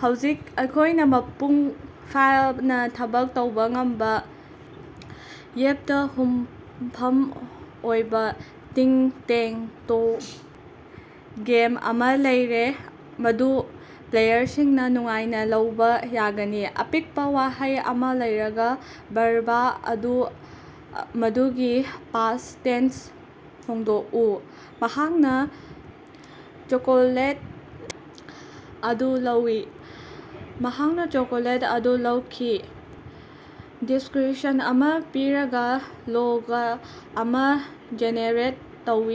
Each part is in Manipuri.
ꯍꯧꯖꯤꯛ ꯑꯩꯈꯣꯏꯅ ꯃꯄꯨꯡ ꯐꯥꯅꯥ ꯊꯕꯛ ꯇꯧꯕ ꯉꯝꯕ ꯋꯦꯕꯇ ꯌꯨꯝꯐꯝ ꯑꯣꯏꯕꯥ ꯇꯤꯛ-ꯇꯦꯛ-ꯇꯣ ꯒꯦꯝ ꯑꯃ ꯂꯩꯔꯦ, ꯃꯗꯨ ꯄ꯭ꯂꯦꯌꯔꯁꯤꯡꯅ ꯅꯨꯡꯉꯥꯏꯅ ꯂꯧꯕ ꯌꯥꯒꯅꯤ꯫। ꯑꯄꯤꯕ ꯋꯥꯍꯩ ꯑꯃꯥ ꯂꯧꯔꯒꯥ ꯕꯔꯕ ꯑꯗꯨ ꯃꯗꯨꯒꯤ ꯄꯥꯁꯠ ꯇꯦꯟꯁꯇ ꯍꯣꯡꯗꯣꯛꯎ꯫ ꯃꯍꯥꯛꯅ ꯆꯣꯀꯣꯂꯦꯠ ꯑꯗꯨ ꯂꯧꯏ꯫ ꯃꯍꯥꯛꯅ ꯆꯣꯀꯣꯂꯦꯠ ꯑꯗꯨ ꯂꯧꯈꯤ꯫ ꯗꯤꯁ꯭ꯀꯔꯤꯄꯁꯟ ꯑꯃ ꯄꯤꯔꯒꯥ, ꯂꯣꯒꯣ ꯑꯃ ꯖꯦꯅꯦꯔꯦꯠ ꯇꯧ꯫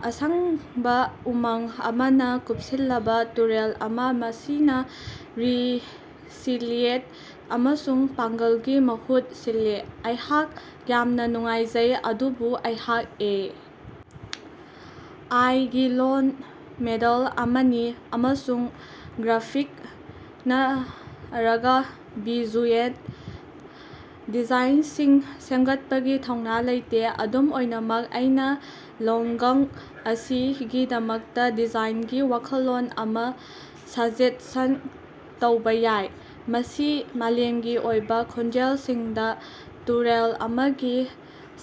ꯑꯁꯪꯕꯥ ꯎꯃꯪ ꯑꯃꯅ ꯀꯨꯞꯁꯤꯜꯂꯕ ꯇꯨꯔꯦꯜ ꯑꯃ, ꯃꯁꯤꯅꯥ ꯔꯦꯁꯤꯂꯤꯌꯦꯟꯁ ꯑꯃꯁꯨꯡ ꯄꯥꯡꯒꯜꯒꯤ ꯃꯍꯨꯠ ꯁꯤꯜꯂꯤ꯫ ꯑꯩꯍꯥꯛ ꯌꯥꯝꯅꯥ ꯅꯨꯡꯉꯥꯏꯖꯩ, ꯑꯗꯨꯕꯨ ꯑꯩꯍꯥꯛ ꯑꯦ. ꯑꯥꯏ. ꯒꯤ ꯂꯣꯜ ꯃꯣꯗꯦꯜ ꯑꯃꯅꯤ ꯑꯃꯁꯨꯡ ꯒ꯭ꯔꯥꯐꯤꯛ ꯅꯠꯔꯒꯥ ꯚꯤꯖꯨꯑꯦꯜ ꯗꯤꯖꯥꯏꯅꯁꯤꯡ ꯁꯦꯝꯒꯠꯄꯒꯤ ꯊꯧꯅꯥ ꯂꯩꯇꯦ꯫ ꯑꯗꯨꯝ ꯑꯣꯏꯅꯃꯛ, ꯑꯩꯅꯥ ꯂꯣꯒꯣ ꯑꯁꯤꯒꯤꯗꯃꯛꯇꯥ ꯗꯤꯖꯥꯏꯅꯒꯤ ꯋꯥꯈꯜꯂꯣꯟ ꯑꯃꯥ ꯁꯖꯦꯁꯠ ꯇꯧꯕꯥ ꯌꯥꯏ: ꯃꯁꯤ ꯃꯥꯂꯦꯝꯒꯤ ꯑꯣꯏꯕꯥ ꯈꯣꯟꯖꯦꯜꯁꯤꯡꯗꯥ ꯇꯨꯔꯦꯜ ꯑꯃꯒꯤ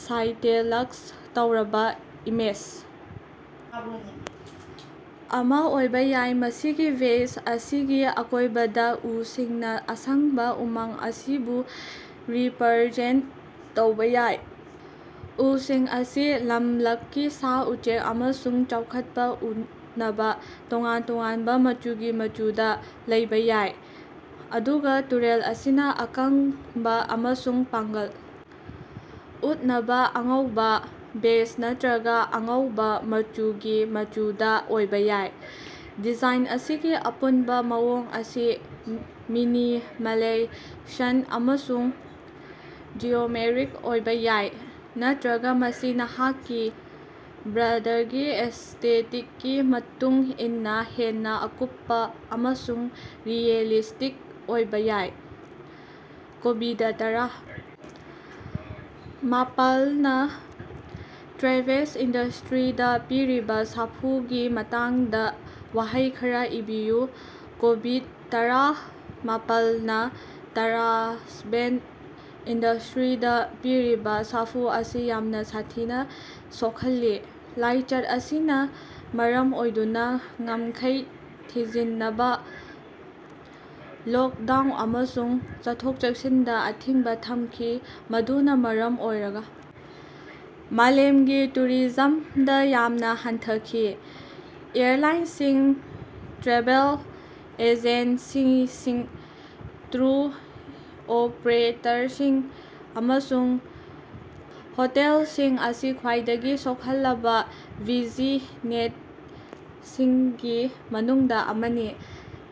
ꯁ꯭ꯇꯥꯏꯂꯥꯏꯖ ꯇꯧꯔꯕꯥ ꯏꯃꯦꯖ ꯑꯃꯥ ꯑꯣꯏꯕꯥ ꯌꯥꯏ, ꯃꯁꯤꯒꯤ ꯕꯦꯖ ꯑꯁꯤꯒꯤ ꯑꯀꯣꯏꯕꯗꯥ ꯎꯁꯤꯡꯅꯥ ꯑꯁꯪꯕꯥ ꯎꯃꯪ ꯑꯁꯤꯕꯨ ꯔꯤꯄꯔꯖꯦꯟꯇ ꯇꯧꯕꯥ ꯌꯥꯏ꯫ ꯎꯁꯤꯡ ꯑꯁꯤ ꯂꯝꯂꯛꯀꯤ ꯁꯥ-ꯎꯆꯦꯛ ꯑꯃꯁꯨꯡ ꯆꯥꯎꯈꯠꯄꯥ ꯎꯠꯅꯕꯥ ꯇꯣꯉꯥꯟ ꯇꯣꯉꯥꯟꯕ ꯃꯆꯨꯒꯤ ꯃꯆꯨꯗꯥ ꯂꯩꯕꯥ ꯌꯥꯏ, ꯑꯗꯨꯒꯥ ꯇꯨꯔꯦꯜ ꯑꯁꯤꯅꯥ ꯑꯀꯟꯕꯥ ꯑꯃꯁꯨꯡ ꯄꯥꯡꯒꯜ ꯎꯠꯅꯕꯥ ꯑꯉꯧꯕꯥ, ꯕꯦꯖ ꯅꯠꯇꯔꯒꯥ ꯑꯉꯧꯕꯥ ꯃꯆꯨꯒꯤ ꯃꯆꯨꯗꯥ ꯑꯣꯏꯕꯥ ꯌꯥꯏ꯫ ꯗꯤꯖꯥꯏꯟ ꯑꯁꯤꯒꯤ ꯑꯄꯨꯟꯕ ꯃꯑꯣꯡ ꯑꯁꯤ ꯃꯤꯅꯤꯃꯥꯂꯤꯁꯠ ꯑꯃꯁꯨꯡ ꯖꯤꯑꯣꯃꯦꯠꯔꯤꯛ ꯑꯣꯏꯕꯥ ꯌꯥꯏ, ꯅꯠꯇꯔꯒꯥ ꯃꯁꯤ ꯅꯍꯥꯛꯀꯤ ꯕ꯭ꯔꯥꯟꯗꯒꯤ ꯑꯦꯁꯇꯦꯇꯤꯛꯀꯤ ꯃꯇꯨꯡ ꯏꯟꯅꯥ ꯍꯦꯟꯅꯥ ꯑꯀꯨꯞꯄꯥ ꯑꯃꯁꯨꯡ ꯔꯤꯑꯦꯂꯤꯁꯇꯤꯛ ꯑꯣꯏꯕꯥ ꯌꯥꯏ꯫ ꯀꯣꯕꯤꯗ-ꯇꯔꯥ ꯃꯥꯄꯜꯅꯥ ꯇ꯭ꯔꯦꯚꯦꯜ ꯏꯟꯗꯁꯇꯔꯤꯗꯥ ꯄꯤꯔꯤꯕꯥ ꯁꯥꯐꯨꯒꯤ ꯃꯇꯥꯡꯗꯥ ꯋꯥꯍꯩ ꯈꯔꯥ ꯏꯕꯤꯌꯨ꯫ ꯀꯣꯕꯤꯗ-ꯇꯔꯥ ꯃꯥꯄꯜꯅ ꯇ꯭ꯔꯥꯚꯦꯜ ꯏꯟꯗꯁꯇꯔꯤꯗꯥ ꯄꯤꯔꯤꯕꯥ ꯁꯥꯐꯨ ꯑꯁꯤ ꯌꯥꯝꯅ ꯁꯥꯊꯤꯅ ꯁꯣꯛꯍꯜꯂꯦ꯫ ꯂꯥꯏꯆꯠ ꯑꯁꯤꯅꯥ ꯃꯔꯝ ꯑꯣꯏꯗꯨꯅꯥ ꯉꯝꯈꯩ ꯊꯤꯡꯖꯤꯅꯕꯥ, ꯂꯣꯛꯗꯥꯎꯟ, ꯑꯃꯁꯨꯡ ꯆꯠꯊꯣꯛ-ꯆꯠꯁꯤꯟꯗꯥ ꯑꯊꯤꯡꯕꯥ ꯊꯝꯈꯤ, ꯃꯗꯨꯅꯥ ꯃꯔꯝ ꯑꯣꯏꯔꯒꯥ ꯃꯥꯂꯦꯃꯒꯤ ꯇꯨꯔꯤꯖꯃꯗꯥ ꯌꯥꯝꯅꯥ ꯍꯟꯊꯈꯤ꯫ ꯑꯦꯌꯔꯂꯥꯏꯅꯁꯤꯡ, ꯇ꯭ꯔꯦꯚꯦꯜ ꯑꯦꯖꯦꯟꯁꯤꯁꯤꯡ, ꯇꯨꯔ ꯑꯣꯄꯔꯦꯇꯔꯁꯤꯡ, ꯑꯃꯁꯨꯡ ꯍꯣꯇꯦꯜꯁꯤꯡ ꯑꯁꯤ ꯈ꯭ꯋꯥꯏꯗꯒꯤ ꯁꯣꯛꯍꯜꯂꯕꯥ ꯕꯤꯖꯤꯅꯦꯁꯁꯤꯡꯒꯤ ꯃꯅꯨꯡꯗꯥ ꯑꯃꯅꯤ,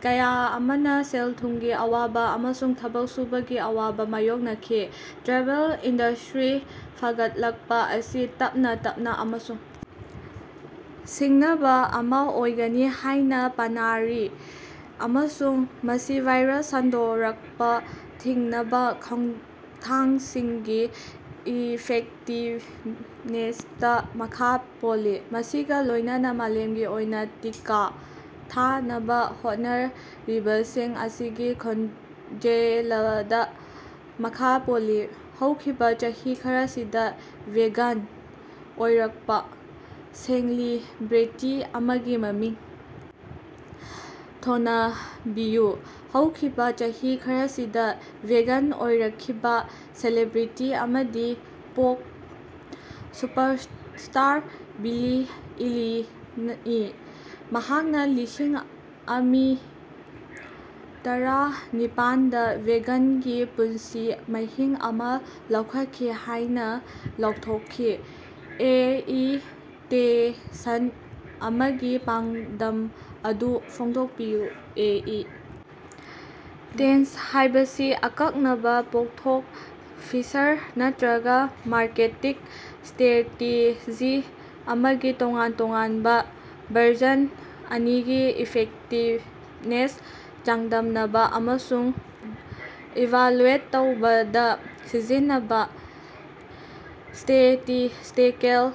ꯀꯌꯥ ꯑꯃꯅꯥ ꯁꯦꯜ-ꯊꯨꯝꯒꯤ ꯑꯋꯥꯕꯥ ꯑꯃꯁꯨꯡ ꯊꯕꯛ ꯁꯨꯕꯒꯤ ꯑꯋꯥꯕꯥ ꯃꯥꯌꯣꯛꯅꯈꯤ꯫ ꯇ꯭ꯔꯦꯚꯦꯜ ꯏꯟꯗꯁꯇꯔꯤ ꯐꯒꯠꯂꯛꯄꯥ ꯑꯁꯤ ꯇꯞꯅꯥ ꯇꯞꯅꯥ ꯑꯃꯁꯨꯡ ꯁꯤꯡꯅꯕꯥ ꯑꯃꯥ ꯑꯣꯏꯒꯅꯤ ꯍꯥꯏꯅꯥ ꯄꯥꯅꯔꯤ ꯑꯃꯁꯨꯡ ꯃꯁꯤ ꯚꯥꯏꯔꯁ ꯁꯟꯗꯣꯔꯛꯄꯥ ꯊꯤꯡꯅꯕꯥ ꯈꯣꯡꯊꯥꯡꯁꯤꯡꯒꯤ ꯏꯐꯦꯛꯇꯤꯕꯅꯦꯁꯇꯥ ꯃꯈꯥ ꯄꯣꯜꯂꯤ, ꯃꯁꯤꯒꯥ ꯂꯣꯏꯅꯅ ꯃꯥꯂꯦꯝꯒꯤ ꯑꯣꯏꯅꯥ ꯇꯤꯀꯥ ꯊꯥꯅꯕꯥ ꯍꯣꯠꯅꯔꯤꯕꯁꯤꯡ ꯑꯁꯤꯒꯤ ꯈꯣꯡꯖꯦꯂꯗꯥ ꯃꯈꯥ ꯄꯣꯜꯂꯤ꯫ ꯍꯧꯈꯤꯕꯥ ꯆꯍꯤ ꯈꯔꯁꯤꯗꯥ ꯚꯦꯒꯥꯟ ꯑꯣꯏꯔꯀꯄꯥ ꯁꯦꯂꯤꯕ꯭ꯔꯦꯇꯤ ꯑꯃꯒꯤ ꯃꯃꯤꯡ ꯊꯣꯅꯕꯤꯌꯨ꯫ ꯍꯧꯈꯤꯕꯥ ꯆꯍꯤ ꯈꯔꯁꯤꯗꯥ ꯚꯦꯒꯥꯟ ꯑꯣꯏꯔꯛꯈꯤꯕꯥ ꯁꯦꯂꯤꯕ꯭ꯔꯦꯇꯤ ꯑꯃꯗꯤ ꯄꯣꯞ ꯁꯨꯄꯔꯁ꯭ꯇꯥꯔ ꯕꯤꯂꯤ ꯏꯂꯤꯁꯅꯤ, ꯃꯍꯥꯛꯅꯥ ꯂꯤꯁꯤꯡ ꯑꯃꯤ ꯇꯔꯑ ꯅꯤꯄꯥꯜꯗꯥ ꯚꯦꯒꯥꯟꯒꯤ ꯄꯨꯟꯁꯤ ꯃꯍꯤꯡ ꯑꯃꯥ ꯂꯧꯈꯠꯈꯤ ꯍꯥꯏꯅꯥ ꯂꯥꯎꯊꯣꯛꯈꯤ꯫ ꯑꯦ ꯤ ꯇꯦꯁꯠ ꯑꯃꯒꯤ ꯄꯥꯟꯗꯝ ꯑꯗꯨ ꯐꯣꯡꯗꯣꯛꯄꯤꯌꯨ꯫ ꯑꯦ ꯤ ꯇꯦꯁꯠ ꯍꯥꯏꯕꯁꯤ ꯑꯀꯛꯅꯕꯥ ꯄꯣꯠꯊꯣꯛ, ꯐꯤꯆꯔ ꯅꯠꯇꯔꯒꯥ ꯃꯥꯔꯀꯦꯇꯤꯡ ꯁ꯭ꯇꯔꯦꯇꯦꯖꯤ ꯑꯃꯒꯤ ꯇꯣꯉꯥꯟ ꯇꯣꯉꯥꯟꯕ ꯚꯔꯖꯟ ꯑꯅꯤꯒꯤ ꯏꯐꯦꯛꯇꯤꯕꯅꯦꯁ ꯆꯥꯡꯗꯝꯅꯕꯥ ꯑꯃꯁꯨꯡ ꯏꯚꯥꯂꯨꯑꯦꯠ ꯇꯧꯕꯗꯥ ꯁꯤꯖꯤꯟꯅꯕꯥ ꯁ꯭ꯇꯦꯇꯤꯁ꯭ꯇꯤꯀꯦꯜ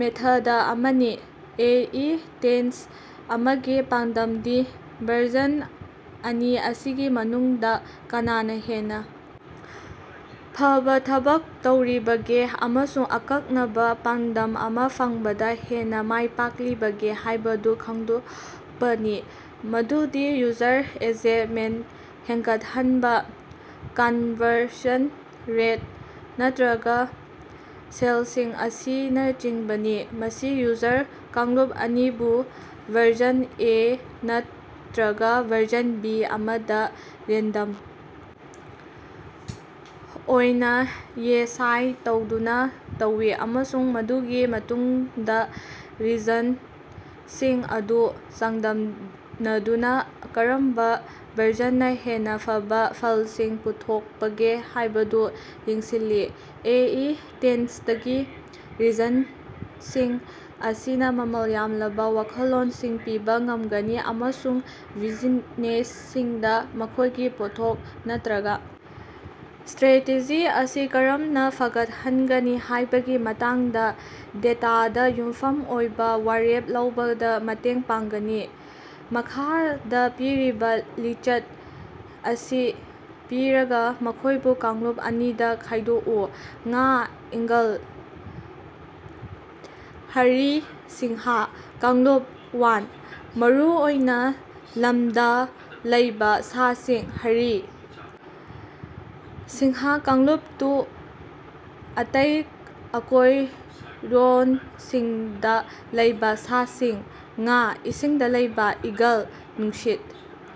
ꯃꯦꯊꯗ ꯑꯃꯅꯤ꯫ ꯑꯦ ꯤ ꯇꯦꯁꯠ ꯑꯃꯒꯤ ꯄꯥꯟꯗꯝꯗꯤ ꯚꯔꯖꯟ ꯑꯅꯤ ꯑꯁꯤꯒꯤ ꯃꯅꯨꯡꯗꯥ ꯀꯅꯥꯅꯥ ꯍꯦꯟꯅꯥ ꯐꯕꯥ ꯊꯕꯛ ꯇꯧꯔꯤꯕꯒꯦ ꯑꯃꯁꯨꯡ ꯑꯀꯛꯅꯕꯥ ꯄꯥꯟꯗꯝ ꯑꯃꯥ ꯐꯪꯕꯗꯥ ꯍꯦꯟꯅꯥ ꯃꯥꯏ ꯄꯥꯛꯂꯤꯕꯒꯦ ꯍꯥꯏꯕꯗꯨ ꯈꯪꯗꯣꯛꯄꯅꯤ, ꯃꯗꯨꯗꯤ ꯌꯨꯖꯔ ꯑꯦꯡꯒꯦꯖꯃꯦꯟꯇ ꯍꯦꯟꯒꯠꯍꯟꯕꯥ, ꯀꯟꯕꯔꯁꯟ ꯔꯦꯠ, ꯅꯠꯇꯔꯒꯥ ꯁꯦꯜꯁꯤꯡ ꯑꯁꯤꯅꯆꯤꯡꯕꯅꯤ꯫ ꯃꯁꯤ ꯌꯨꯖꯔ ꯀꯥꯡꯂꯨꯞ ꯑꯅꯤꯕꯨ ꯚꯔꯖꯟ ꯑꯦ ꯅꯠꯇꯔꯒꯥ ꯚꯔꯖꯟ ꯕꯤ ꯑꯃꯗꯥ ꯔꯦꯟꯗꯝ ꯑꯣꯏꯅꯥ ꯑꯦꯁꯥꯏꯟ ꯇꯧꯗꯨꯅꯥ ꯇꯧꯏ, ꯑꯃꯁꯨꯡ ꯃꯗꯨꯒꯤ ꯃꯇꯨꯡꯗꯥ ꯔꯤꯖꯜꯇꯁꯤꯡ ꯑꯗꯨ ꯆꯥꯡꯗꯝꯅꯗꯨꯅꯥ ꯀꯔꯝꯕꯥ ꯚꯔꯖꯅꯅꯥ ꯍꯦꯟꯅꯥ ꯐꯕꯥ ꯐꯜꯁꯤꯡ ꯄꯨꯊꯣꯛꯄꯒꯦ ꯍꯥꯏꯕꯗꯨ ꯌꯦꯡꯁꯤꯜꯂꯤ꯫ ꯑꯦ ꯤ ꯇꯦꯁꯇꯀꯤ ꯔꯤꯖꯜꯇꯁꯤꯡ ꯑꯁꯤꯅꯥ ꯃꯃꯜ ꯌꯥꯝꯂꯕꯥ ꯋꯥꯈꯜꯂꯣꯟꯁꯤꯡ ꯄꯤꯕꯥ ꯉꯝꯒꯅꯤ ꯑꯃꯁꯨꯡ ꯕꯤꯖꯤꯅꯦꯁꯁꯤꯡꯗꯥ ꯃꯈꯣꯏꯒꯤ ꯄꯣꯠꯊꯣꯛ ꯅꯠꯇꯔꯒꯥ ꯁ꯭ꯇꯔꯦꯇꯦꯖꯤ ꯑꯁꯤ ꯀꯔꯝꯅꯥ ꯐꯒꯠꯍꯟꯒꯅꯤ ꯍꯥꯏꯕꯒꯤ ꯃꯇꯥꯡꯗꯥ ꯗꯦꯇꯥꯗꯥ ꯌꯨꯝꯐꯝ ꯑꯣꯏꯕꯥ ꯋꯥꯔꯦꯞ ꯂꯧꯕꯗꯥ ꯃꯇꯦꯡ ꯄꯥꯡꯒꯅꯤ꯫ ꯃꯈꯥꯗꯥ ꯄꯤꯔꯤꯕꯥ ꯂꯤꯁꯠ ꯑꯁꯤ ꯄꯤꯔꯒꯥ, ꯃꯈꯣꯏꯕꯨ ꯀꯥꯡꯂꯨꯞ ꯑꯅꯤꯗꯥ ꯈꯥꯏꯗꯣꯛꯎ꯫ ꯉꯥ, ꯏꯒꯜ, ꯍꯔꯤ, ꯁꯤꯡꯍ꯫ ꯀꯥꯡꯂꯨꯞ ꯋꯥꯟ: ꯃꯔꯨꯑꯣꯏꯅꯥ ꯂꯝꯗꯥ ꯂꯩꯕꯥ ꯁꯥꯁꯤꯡ: ꯍꯔꯤ ꯁꯤꯡꯍ ꯀꯥꯡꯂꯨꯞ ꯇꯨ: ꯑꯇꯩ ꯑꯀꯣꯏꯔꯣꯟꯁꯤꯡꯗꯥ ꯂꯩꯕꯥ ꯁꯥꯁꯤꯡ: ꯉꯥ (ꯏꯁꯤꯡꯗꯥ ꯂꯩꯕꯥ) ꯏꯒꯜ (ꯅꯨꯡꯁꯤꯠ)꯫